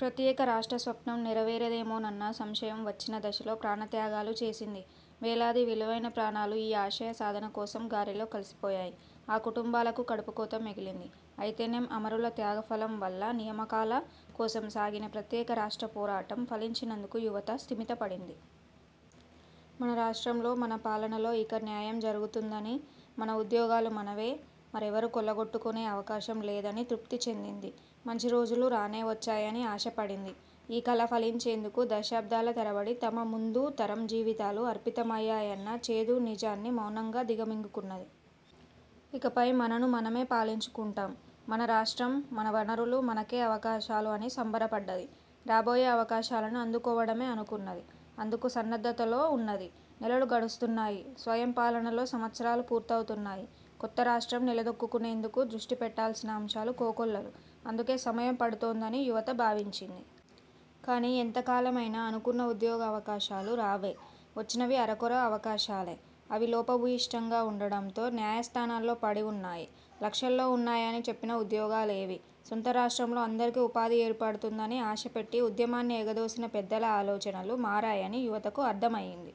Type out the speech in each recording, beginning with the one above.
ప్రత్యేక రాష్ట్ర స్వప్నం నెరవేరదేమోనన్న సంశయం వచ్చిన దశలో ప్రాణత్యాగాలు చేసింది. వేలాది విలువైన ప్రాణాలు ఈ ఆశయ సాధన కోసం గాలిలో కలిసిపోయాయి. ఆ కుటుంబాలకు కడుపుకోత మిగిలింది. అయితేనేం అమరుల త్యాగఫలం వల్ల నియామకాల కోసం సాగిన ప్రత్యేకరాష్ట్ర పోరాటం ఫలించినందుకు యువత స్థిమితపడింది. మన రాష్ట్రంలో మన పాలనలో ఇక న్యాయం జరుగుతుందని; మన ఉద్యోగాలు మనవే, మరెవరూ కొల్లగొట్టుకునే అవకాశం లేదని తృప్తి చెందింది. మంచి రోజులు రానే వచ్చాయని ఆశ పడింది. ఈ కల ఫలించేందుకు దశాబ్దాల తరబడి తమ ముందు తరం జీవితాలు అర్పితమయ్యాయన్న చేదు నిజాన్ని మౌనంగా దిగమింగుకున్నది. ఇకపై మనను మనమే పాలించుకుంటాం. మన రాష్ట్రం, -మన వనరులు, మనకే అవకాశాలు అని సంబరపడ్డది. రాబోయే అవకాశాలను అందుకోవడమే అనుకున్నది. అందుకు సన్నద్ధతలో ఉన్నది. నెలలు గడుస్తున్నాయి. స్వయంపాలనలో సంవత్సరాలు పూర్తవుతున్నాయి. కొత్తరాష్ట్రం నిలదొక్కుకునేందుకు దృష్టి పెట్టాల్సిన అంశాలు కోకొల్లలు. అందుకే సమయం పడుతోందని యువత భావించింది. కానీ ఎంత కాలమైనా అనుకున్న ఉద్యోగావకాశాలు రావే? వచ్చినవీ అరకొర అవకాశాలే. అవీ లోపభూయిష్టంగా ఉండటంతో న్యాయస్థానాల్లో పడి ఉన్నాయి. లక్షల్లో ఉన్నాయని చెప్పిన ఉద్యోగాలేవీ? సొంత రాష్ట్రంలో అందరికీ ఉపాధి ఏర్పడుతుందని ఆశపెట్టి ఉద్యమాన్ని ఎగదోసిన పెద్దల ఆలోచనలు మారాయని యువతకు అర్థం అయ్యింది.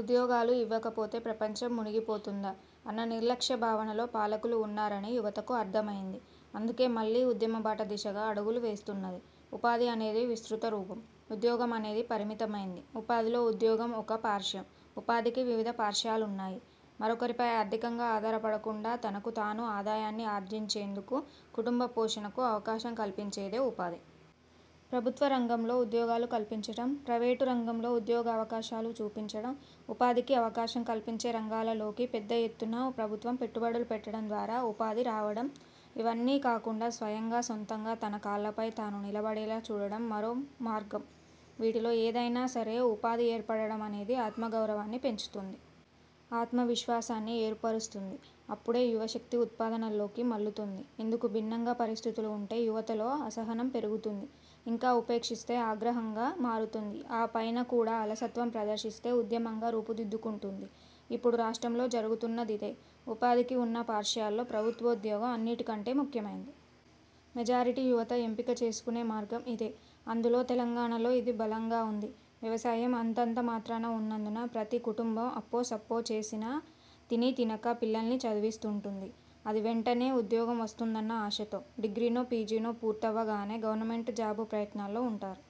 ఉద్యోగాలు ఇవ్వకపోతే ప్రపంచం మునిగిపోతుందా? అన్న నిర్లక్ష్య భావనలో పాలకులు ఉన్నారని యువతకు అర్థమయింది. అందుకే మళ్లీ ఉద్యమబాట దిశగా అడుగులు వేస్తున్నది. ఉపాధి అనేది విస్తృత రూపం. ఉద్యోగం అనేది పరిమితమైంది. ఉపాధిలో ఉద్యోగం ఒక పార్శ్యం. ఉపాధికి వివిధ పార్శ్యాలున్నాయి. మరొకరిపై ఆర్థికంగా ఆధారపడకుండా తనకు తాను ఆదాయాన్ని ఆర్జించేందుకు, కుటుంబ పోషణకు అవకాశం కల్పించేదే ఉపాధి. ప్రభుత్వ రంగంలో ఉద్యోగాలు కల్పించడం, ప్రైవేట్ రంగంలో ఉద్యోగావకాశాలు చూపించడం, ఉపాధికి అవకాశం కల్పించే రంగాలలోకి పెద్ద ఎత్తున ప్రభుత్వం పెట్టుబడులు పెట్టడం ద్వారా ఉపాధి రావడం, ఇవన్నీ కాకుండా స్వయంగా సొంతంగా తన కాళ్లపై తాను నిలబడేలా చూడటం మరో మార్గం. వీటిలో ఏదైనా సరే ఉపాధి ఏర్పడటం అనేది ఆత్మగౌరవాన్ని పెంచుతుంది. ఆత్మవి శ్వాసాన్ని ఏర్పరుస్తుంది. అప్పుడే యువశక్తి ఉత్పాదనలోకి మళ్లుతుంది. ఇందుకు భిన్నంగా పరిస్థితులు ఉంటే యువతలో అసహనం పెరుగుతుంది. ఇంకా ఉపేక్షిస్తే ఆగ్ర హంగా మారుతుంది. ఆపైన కూడా అలసత్వం ప్రదర్శిస్తే ఉద్యమంగా రూపుదిద్దుకుంటుంది. ఇప్పుడు రాష్ట్రంలో జరుగుతున్నదిదే. ఉపాధికి ఉన్న పార్శ్యాల్లో ప్రభుత్వో ద్యోగం అన్నింటికంటే ముఖ్యమైనది. మెజారిటీ యువత ఎంపిక చేసుకునే మార్గం ఇదే. అందులో తెలంగాణలో ఇది బలంగా ఉంది. వ్యవసాయం అంతంత మాత్రాన ఉన్నందున ప్రతి కుటుంబం అప్పో సప్పో చేసిన తినీతినక పిల్లల్ని చదివిస్తుంటుంది. అదీ వెంటనే ఉద్యోగం వస్తుందన్న ఆశతో. డిగ్రీనో, పీజీనో పూర్తవ్వగానే గవర్నమెంట్ జాబ్ ప్రయత్నాల్లో ఉంటారు.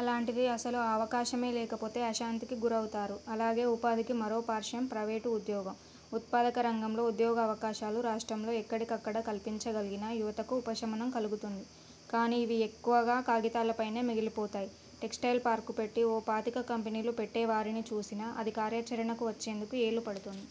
అలాంటిది అసలు ఆ అవకాశమే లేకపోతే అశాంతికి గురవుతారు. అలాగే ఉపాధికి మరో పార్శ్యం ప్రైవేట్ ఉద్యోగం. ఉత్పాదక రంగంలో ఉద్యోగావకాశాలు రాష్ట్రంలో ఎక్కడికక్కడ కల్పించగలిగినా యువతకు ఉపశమనం కలుగుతుంది. కానీ ఇవి ఎక్కువగా కాగితాలపైనే మిగిలిపోతాయి. టెక్స్టైల్ పార్క్ పెట్టి ఓ పాతిక కంపెనీలు పెట్టేవారిని చూసినా అది కార్యాచరణకు వచ్చేందుకు ఏళ్లు పడుతుంది.